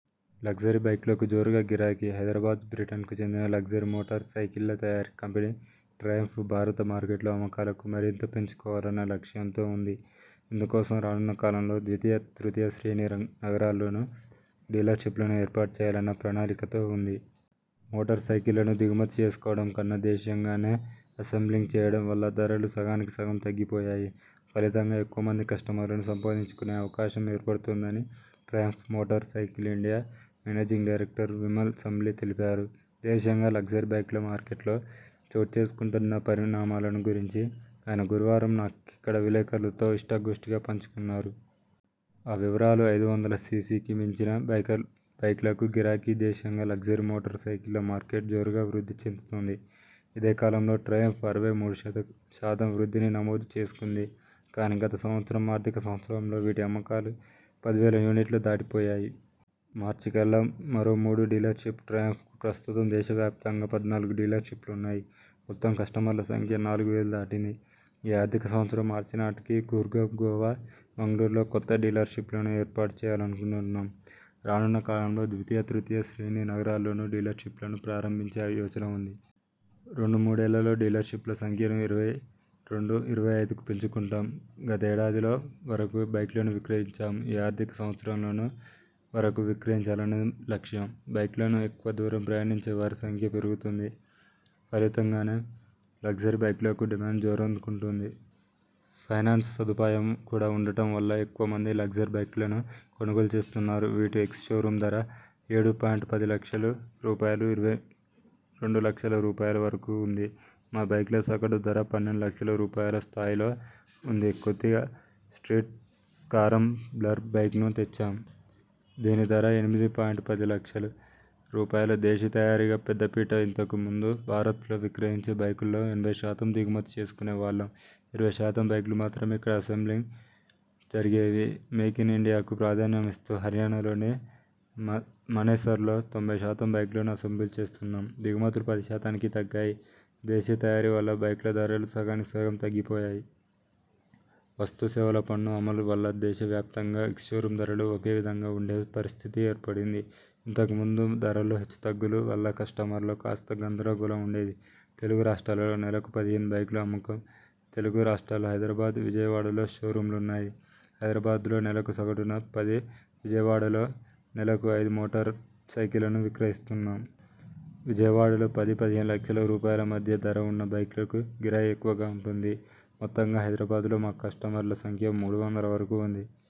Luxury బైక్లకు జోరుగా గిరాకీ హైదరాబాద్ బ్రిటన్కు చెందిన లగ్జరీ మోటార్ సైకిల్ల్ల తయారీ కంపెనీ ట్రయంఫ్, భారత మార్కెట్లో అమ్మకాలను మరింతగా పెంచుకోవాలన్న లక్ష్యంతో ఉంది. ఇందు కోసం రానున్న కాలంలో ద్వితీయ, తృతీయ శ్రేణి నగరాల్లోనూ డీలర్ షిప్లను ఏర్పాటు చేయాలన్న ప్రణాళికలతో ఉంది. మోటార్ సైకిళ్ల ను దిగుమతి చేసుకోవడం కన్నా దేశీయం గానే అసెంబ్లింగ్ చేయడం వల్ల ధరలు సగానికి సగం తగ్గి పోయాయి. ఫలితంగా ఎక్కువ మంది కస్టమర్లను సంపాదించుకునే అవకాశం ఏర్పడుతోందని Triumph motorcycle India managing director Vimal Sambli తెలిపారు. దేశీయంగా లగ్జరీ బైక్ల మార్కెట్లో చోటు చేసుకుంటున్న పరిణామాలను గురించి ఆయన గురువారం నాడిక్కడ విలేకరులతో ఇష్టా గోష్టిగా పంచుకున్నారు. ఆ వివరాలు, ఐదు వందల సిసికి మించిన బైక్లకు గిరాకీ దేశీయంగా లగ్జరీ మోటార్ సైకిళ్ళ మార్కెట్ జోరుగా వృద్ధి చెందుతోంది. ఇదే కాలంలో ట్రయంఫ్ అరవై మూడు శాతం వృద్ధిని నమోదు చేసుకుంది. కానీ గత సవస్థారం ఆర్థిక సంవత్సరంలో వీటి అమ్మకాలు పది వేల యూనిట్లు దాటి పోయాయి. మార్చి కల్లా మరో మూడు డీలర్ షిప్ ట్రయంఫ్‌కు ప్రస్తుతం దేశ వ్యాప్తంగా పద్నాలుగు డీలర్ షిప్లున్నాయి. మొత్తం కస్టమర్ల సంఖ్య నాలుగు వేలు దాటింది. ఈ ఆర్థిక సంవత్సరం మార్చి నాటికి గుర్గావ్, గోవా, మంగుళూరులో కొత్త డీలర్ షిప్లను ఏర్పాటు చేయాలనుకుంటున్నాం. రానున్న కాలంలో ద్వితీయ, తృతీయ శ్రేణి నగరాల్లోనూ డీలర్ షిప్లను ప్రారంభించే యోచన ఉంది. రెండు మూడేళ్లలో డీలర్ షిప్ల సంఖ్యను ఇరవై రెండు, ఇరవై ఐదుకు పెంచుకుంటాం గత ఏడాదిలో వరకు బైక్లను విక్రయించాం. ఈ ఆర్థిక సంవత్సరంలో వరకు విక్రయించాలన్నది లక్ష్యం. బైక్లకు ఎక్కువ దూరం ప్రయాణించే వారి సంఖ్య పెరుగుతోంది. ఫలితం గానే లగ్జరీ బైక్లకు డిమాండ్ జోరందు కుంటోంది. ఫైనాన్స్ సదు పాయం కూడా ఉండటం వల్ల ఎక్కువ మంది లగ్జరీ బైక్లను కొనుగోలు చేస్తున్నారు. వీటి ఎక్స్ షో రూమ్ ధర ఏడు పాయింట్ పది లక్షల రూపాయల నుంచి ఇరవై రెండు లక్షల రూపాయల వరకు ఉంది మా బైక్ల సగటు ధర పన్నెండు లక్షల రూపాయల స్థాయిలో ఉంది కొత్తగా స్ట్రీట్ స్కరామ్ బ్లర్ బైక్ను తెచ్చాం. దీని ధర ఎనిమిది పాయింట్ పది లక్షల రూపాయలు దేశీ తయారీకి పెద్దపీట ఇంతకు ముందు భారత్లో విక్రయించే బైకుల్లో ఎనభై శాతం దిగుమతి చేసుకునే వాళ్లం ఇరవై శాతం బైక్లు మాత్రమే ఇక్కడ అసెంబ్లింగ్ జరిగేవి మేక్ ఇన్ ఇండియాకు ప్రాధాన్యం ఇస్తూ హర్యానాలోని మనేసర్లో తొంభై శాతం బైక్లను అసెంబుల్ చేస్తున్నాం దిగుమతులు పది శాతానికి తగ్గాయి దేశీ తయారీ వల్ల బైక్ల ధరలు సగానికి సగం తగ్గి పోయాయి. వస్తు సేవల పన్ను అమలు వల్ల దేశ వ్యాప్తంగా ఎక్స్ షో రూమ్ ధరలు ఒకే విధంగా ఉండే పరిస్థితి ఏర్పడింది. ఇంతకు ముందు ధరల్లో హెచ్చు తగ్గుల వల్ల కస్టమర్ల లో కాస్త గందర గోళం ఉండేది. తెలుగు రాస్ట్రాలలో నెలకు పదిహేను బైక్ల అమ్మకం తెలుగు రాస్ట్రాలలో హైదరాబాద్, విజయవాడలో షోరూమ్లున్నాయి హైదరాబాద్లో నెలకు సగటున పది, విజయవాడలో నెలకు ఐదు మోటార్ సైకిళ్లను విక్రయిస్తున్నాం. విజయవాడలో పది, పదిహేను లక్షల రూపాయల మధ్య ధర ఉన్న బైక్లకు గిరాకీ ఎక్కువగా ఉంటోంది. మొత్తంగా హైదరాబాద్లో మా కస్టమర్ల సంఖ్య మూడు వందల వరకు ఉంది.